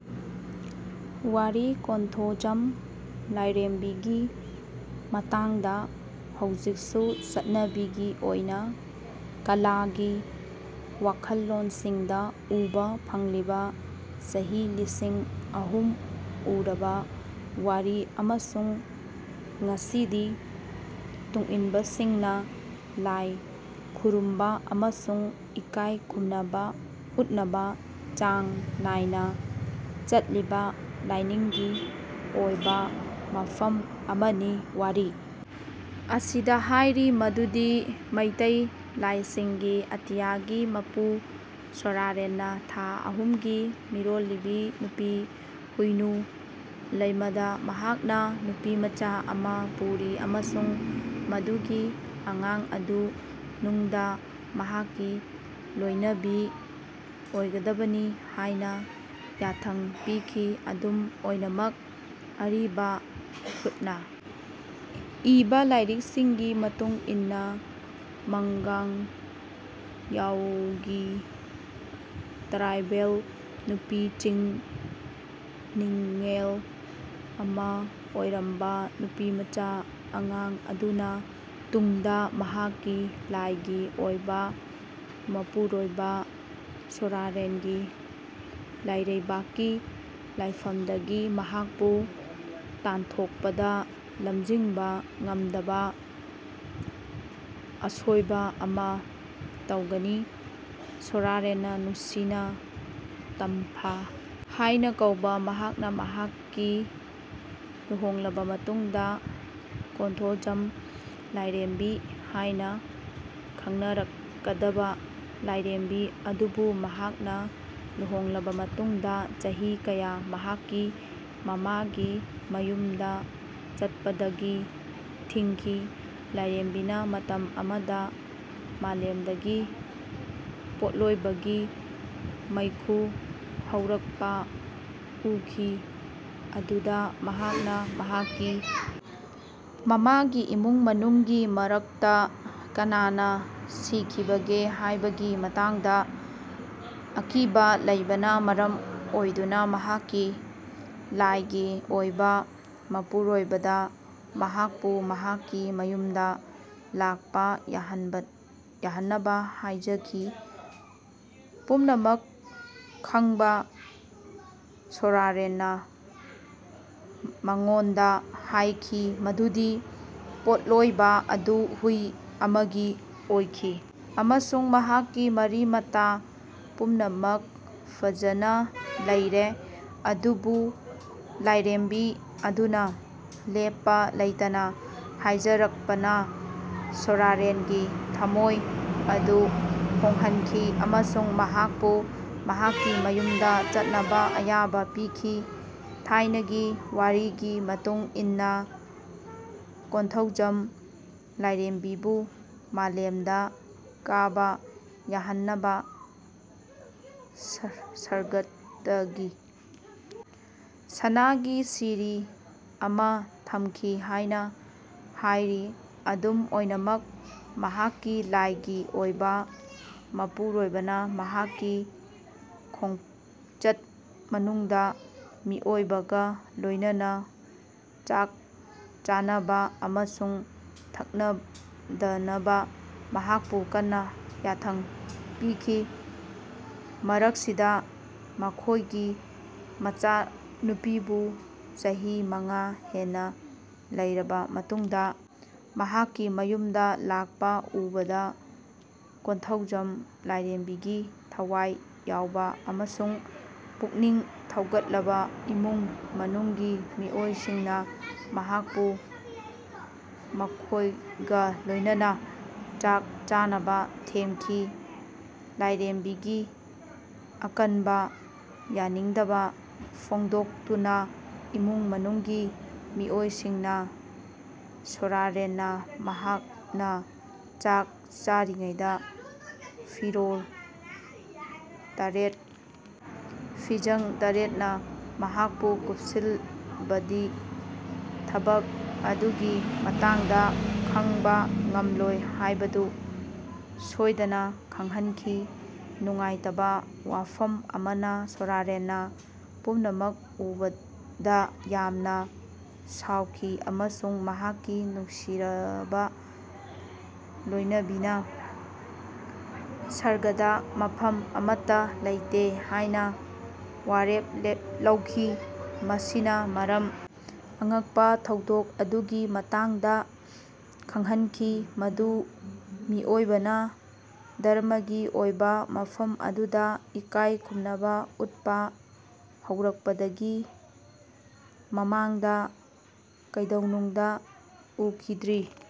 ꯋꯥꯔꯤ ꯀꯣꯟꯊꯣꯖꯝ ꯂꯥꯏꯔꯦꯝꯕꯤꯒꯤ ꯃꯇꯥꯡꯗ ꯍꯧꯖꯤꯛꯁꯨ ꯆꯠꯅꯕꯤꯒꯤ ꯑꯣꯏꯕ ꯀꯂꯥꯒꯤ ꯋꯥꯈꯜꯂꯣꯟꯁꯤꯡꯗ ꯎꯕ ꯐꯪꯂꯤꯕ ꯆꯍꯤ ꯂꯤꯁꯤꯡ ꯑꯍꯨꯝ ꯁꯨꯔꯕ ꯋꯥꯔꯤ ꯑꯃꯁꯨꯡ ꯉꯁꯤꯗꯤ ꯇꯨꯡꯏꯟꯕꯁꯤꯡꯅ ꯂꯥꯏ ꯈꯨꯔꯨꯝꯕ ꯑꯃꯁꯨꯡ ꯏꯀꯥꯏ ꯈꯨꯝꯅꯕ ꯎꯠꯅꯕ ꯆꯥꯡ ꯅꯥꯏꯅ ꯆꯠꯂꯤꯕ ꯂꯥꯏꯅꯤꯡꯒꯤ ꯑꯣꯏꯕ ꯃꯐꯝ ꯑꯃꯅꯤ꯫ ꯋꯥꯔꯤ ꯑꯁꯤꯗ ꯍꯥꯏꯔꯤ ꯃꯗꯨꯗꯤ ꯃꯩꯇꯩ ꯂꯥꯏꯁꯤꯡꯒꯤ ꯑꯇꯤꯌꯥꯒꯤ ꯃꯄꯨ ꯁꯣꯔꯥꯔꯦꯟꯅ ꯊꯥ ꯑꯍꯨꯝꯒꯤ ꯃꯤꯔꯣꯜꯂꯤꯕꯤ ꯅꯨꯄꯤ ꯍꯨꯏꯅꯨ ꯂꯩꯃꯥꯗ ꯃꯍꯥꯛꯅ ꯅꯨꯄꯤꯃꯆꯥ ꯑꯃꯥ ꯄꯨꯔꯤ ꯑꯃꯁꯨꯡ ꯃꯗꯨꯒꯤ ꯑꯉꯥꯡ ꯑꯗꯨ ꯇꯨꯡꯗ ꯃꯍꯥꯛꯀꯤ ꯂꯣꯏꯅꯕꯤ ꯑꯣꯏꯒꯗꯕꯅꯤ ꯍꯥꯏꯅ ꯌꯥꯊꯪ ꯄꯤꯈꯤ꯫ ꯑꯗꯨꯝ ꯑꯣꯏꯅꯃꯛ ꯑꯔꯤꯕ ꯈꯨꯠꯅ ꯏꯕ ꯂꯥꯏꯔꯤꯛꯁꯤꯡꯒꯤ ꯃꯇꯨꯡ ꯏꯟꯅ ꯃꯪꯒꯥꯡ ꯍꯥꯎꯒꯤ ꯇ꯭ꯔꯥꯏꯕꯦꯜ ꯅꯨꯄꯤ ꯆꯤꯡ ꯅꯤꯡꯒꯣꯜ ꯑꯃ ꯑꯣꯏꯔꯝꯕ ꯅꯨꯄꯤꯃꯆꯥ ꯑꯉꯥꯡ ꯑꯗꯨꯅ ꯇꯨꯡꯗ ꯃꯍꯥꯛꯀꯤ ꯂꯥꯏꯒꯤ ꯑꯣꯏꯕ ꯃꯄꯨꯔꯣꯏꯕ ꯁꯣꯔꯥꯔꯦꯟꯒꯤ ꯂꯥꯏꯔꯩꯕꯥꯛꯀꯤ ꯂꯩꯐꯝꯗꯒꯤ ꯃꯍꯥꯛꯄꯨ ꯇꯥꯟꯊꯣꯛꯄꯗ ꯂꯝꯖꯤꯡꯕ ꯉꯝꯗꯕ ꯑꯁꯣꯏꯕ ꯑꯃ ꯇꯧꯒꯅꯤ꯫ ꯁꯣꯔꯥꯔꯦꯟꯅ ꯅꯨꯡꯁꯤꯅ ꯇꯝꯐꯥ ꯍꯥꯏꯅ ꯀꯧꯕ ꯃꯍꯥꯛꯅ ꯃꯍꯥꯛꯀ ꯂꯨꯍꯣꯡꯂꯕ ꯃꯇꯨꯡꯗ ꯀꯣꯟꯊꯣꯖꯝ ꯂꯥꯏꯔꯦꯝꯕꯤ ꯍꯥꯏꯅ ꯈꯪꯅꯔꯛꯀꯗꯕ ꯂꯥꯏꯔꯦꯝꯕꯤ ꯑꯗꯨꯕꯨ ꯃꯍꯥꯛꯅ ꯂꯨꯍꯣꯡꯂꯕ ꯃꯇꯨꯡꯗ ꯆꯍꯤ ꯀꯌꯥ ꯃꯍꯥꯛꯀꯤ ꯃꯃꯥꯒꯤ ꯃꯌꯨꯝꯗ ꯆꯠꯄꯗꯒꯤ ꯊꯤꯡꯈꯤ꯫ ꯂꯥꯏꯔꯦꯝꯕꯤꯅ ꯃꯇꯝ ꯑꯃꯗ ꯃꯥꯂꯦꯝꯗꯒꯤ ꯄꯣꯠꯂꯣꯏꯕꯒꯤ ꯃꯩꯈꯨ ꯍꯧꯔꯛꯄ ꯎꯈꯤ ꯃꯗꯨꯗ ꯃꯍꯥꯛꯅ ꯃꯍꯥꯛꯀꯤ ꯃꯃꯥꯒꯤ ꯏꯃꯨꯡ ꯃꯅꯨꯡꯒꯤ ꯃꯔꯛꯇ ꯀꯅꯥꯅ ꯁꯤꯈꯤꯕꯒꯦ ꯍꯥꯏꯕꯒꯤ ꯃꯇꯥꯡꯗ ꯑꯀꯤꯕ ꯂꯩꯕꯅ ꯃꯔꯝ ꯑꯣꯏꯗꯨꯅ ꯃꯍꯥꯛꯀꯤ ꯂꯥꯏꯒꯤ ꯑꯣꯏꯕ ꯃꯄꯨꯔꯣꯏꯕꯗ ꯃꯍꯥꯛꯄꯨ ꯃꯍꯥꯛꯀꯤ ꯃꯌꯨꯝꯗ ꯂꯥꯛꯄ ꯌꯥꯍꯟꯅꯕ ꯍꯥꯏꯖꯈꯤ꯫ ꯄꯨꯝꯅꯃꯛ ꯈꯪꯕ ꯁꯣꯔꯥꯔꯦꯟꯅ ꯃꯉꯣꯟꯗ ꯍꯥꯏꯈꯤ ꯃꯗꯨꯗꯤ ꯄꯣꯠꯂꯣꯏꯕ ꯑꯗꯨ ꯍꯨꯏ ꯑꯃꯒꯤ ꯑꯣꯏꯈꯤ ꯑꯃꯁꯨꯡ ꯃꯍꯥꯛꯀꯤ ꯃꯔꯤ-ꯃꯇꯥ ꯄꯨꯝꯅꯃꯛ ꯐꯖꯅ ꯂꯩꯔꯦ꯫ ꯑꯗꯨꯕꯨ ꯂꯥꯏꯔꯦꯝꯕꯤ ꯑꯗꯨꯅ ꯂꯦꯞꯄ ꯂꯩꯇꯅ ꯍꯥꯏꯖꯔꯛꯄꯅ ꯁꯣꯔꯥꯔꯦꯟꯒꯤ ꯊꯃꯣꯏ ꯑꯗꯨ ꯍꯣꯡꯍꯟꯈꯤ ꯑꯃꯁꯨꯡ ꯃꯍꯥꯛꯄꯨ ꯃꯍꯥꯛꯀꯤ ꯃꯌꯨꯝꯗ ꯆꯠꯅꯕ ꯑꯌꯥꯕ ꯄꯤꯈꯤ꯫ ꯊꯥꯏꯅꯒꯤ ꯋꯥꯔꯤꯒꯤ ꯃꯇꯨꯡ ꯏꯟꯅ ꯀꯣꯟꯊꯣꯖꯝ ꯂꯥꯏꯔꯦꯝꯕꯤꯕꯨ ꯃꯥꯂꯦꯝꯗ ꯀꯥꯕ ꯌꯥꯍꯟꯅꯕ ꯁꯔꯒꯇꯒꯤ ꯁꯅꯥꯒꯤ ꯁꯤꯔꯤ ꯑꯃ ꯊꯝꯈꯤ ꯍꯥꯏꯅ ꯍꯥꯏꯔꯤ꯫ ꯑꯗꯨꯝ ꯑꯣꯏꯅꯃꯛ ꯃꯍꯥꯛꯀꯤ ꯂꯥꯏꯒꯤ ꯑꯣꯏꯕ ꯃꯄꯨꯔꯣꯏꯕꯅ ꯃꯍꯥꯛꯀꯤ ꯈꯣꯡꯆꯠ ꯃꯅꯨꯡꯗ ꯃꯤꯑꯣꯏꯕꯒ ꯂꯣꯏꯅꯅ ꯆꯥꯛ ꯆꯥꯅꯕ ꯑꯃꯁꯨꯡ ꯊꯛꯅꯗꯅꯕ ꯃꯍꯥꯛꯄꯨ ꯀꯟꯅ ꯌꯥꯊꯪ ꯄꯤꯈꯤ꯫ ꯃꯔꯛꯁꯤꯗ ꯃꯈꯣꯏꯒꯤ ꯃꯆꯥꯅꯨꯄꯤꯕꯨ ꯆꯍꯤ ꯃꯉꯥ ꯍꯦꯟꯅ ꯂꯩꯔꯕ ꯃꯇꯨꯡꯗ ꯃꯍꯥꯛꯀꯤ ꯃꯌꯨꯝꯗ ꯂꯥꯛꯄ ꯎꯕꯗ ꯀꯣꯟꯊꯧꯖꯝ ꯂꯥꯏꯔꯦꯝꯕꯤꯒꯤ ꯊꯋꯥꯏ ꯌꯥꯎꯕ ꯑꯃꯁꯨꯡ ꯄꯨꯛꯅꯤꯡ ꯊꯧꯒꯠꯂꯕ ꯏꯃꯨꯡ ꯃꯅꯨꯡꯒꯤ ꯃꯤꯑꯣꯏꯁꯤꯡꯅ ꯃꯍꯥꯛꯄꯨ ꯃꯈꯣꯏꯒ ꯂꯣꯏꯅꯅ ꯆꯥꯛ ꯆꯥꯅꯕ ꯊꯦꯝꯈꯤ꯫ ꯂꯥꯏꯔꯦꯝꯕꯤꯒꯤ ꯑꯀꯟꯕ ꯌꯥꯅꯤꯡꯗꯕ ꯐꯣꯡꯗꯣꯛꯇꯨꯅ ꯏꯃꯨꯡ ꯃꯅꯨꯡꯒꯤ ꯃꯤꯑꯣꯏꯁꯤꯡꯅ ꯁꯣꯔꯥꯔꯦꯟꯅ ꯃꯍꯥꯛꯅ ꯆꯥꯛ ꯆꯥꯔꯤꯉꯩꯗ ꯐꯤꯔꯣꯜ ꯇꯔꯦꯠ ꯐꯤꯖꯥꯡ ꯇꯥꯔꯦꯠꯅ ꯃꯍꯥꯛꯄꯨ ꯀꯨꯞꯁꯤꯜꯂꯕꯗꯤ ꯊꯕꯛ ꯑꯗꯨꯒꯤ ꯃꯇꯥꯡꯗ ꯈꯪꯕ ꯉꯝꯂꯣꯏ ꯍꯥꯏꯕꯗꯨ ꯁꯣꯏꯗꯅ ꯈꯪꯍꯟꯈꯤ꯫ ꯅꯨꯡꯉꯥꯏꯇꯕ ꯋꯥꯐꯝ ꯑꯃꯅ ꯁꯣꯔꯥꯔꯦꯟꯅ ꯄꯨꯝꯅꯃꯛ ꯎꯕꯗ ꯌꯥꯝꯅ ꯁꯥꯎꯈꯤ ꯑꯃꯁꯨꯡ ꯃꯍꯥꯛꯀꯤ ꯅꯨꯡꯁꯤꯖꯔꯕ ꯂꯣꯏꯅꯕꯤꯅ ꯁꯔꯒꯇ ꯃꯐꯝ ꯑꯃꯠꯇ ꯂꯩꯇꯦ ꯍꯥꯏꯅ ꯋꯥꯔꯦꯞ ꯂꯧꯈꯤ꯫ ꯃꯁꯤꯅ ꯃꯔꯝ ꯑꯉꯛꯄ ꯊꯧꯗꯣꯛ ꯑꯗꯨꯒꯤ ꯃꯇꯥꯡꯗ ꯈꯪꯍꯟꯈꯤ ꯃꯗꯨ ꯃꯤꯑꯣꯏꯕꯅ ꯙꯔꯃꯒꯤ ꯑꯣꯏꯕ ꯃꯐꯝ ꯑꯗꯨꯗ ꯏꯀꯥꯏ ꯈꯨꯝꯅꯕ ꯎꯠꯄ ꯍꯧꯔꯛꯄꯗꯒꯤ ꯃꯃꯥꯡꯗ ꯀꯩꯗꯧꯅꯨꯡꯗ ꯎꯈꯤꯗ꯭ꯔꯤ꯫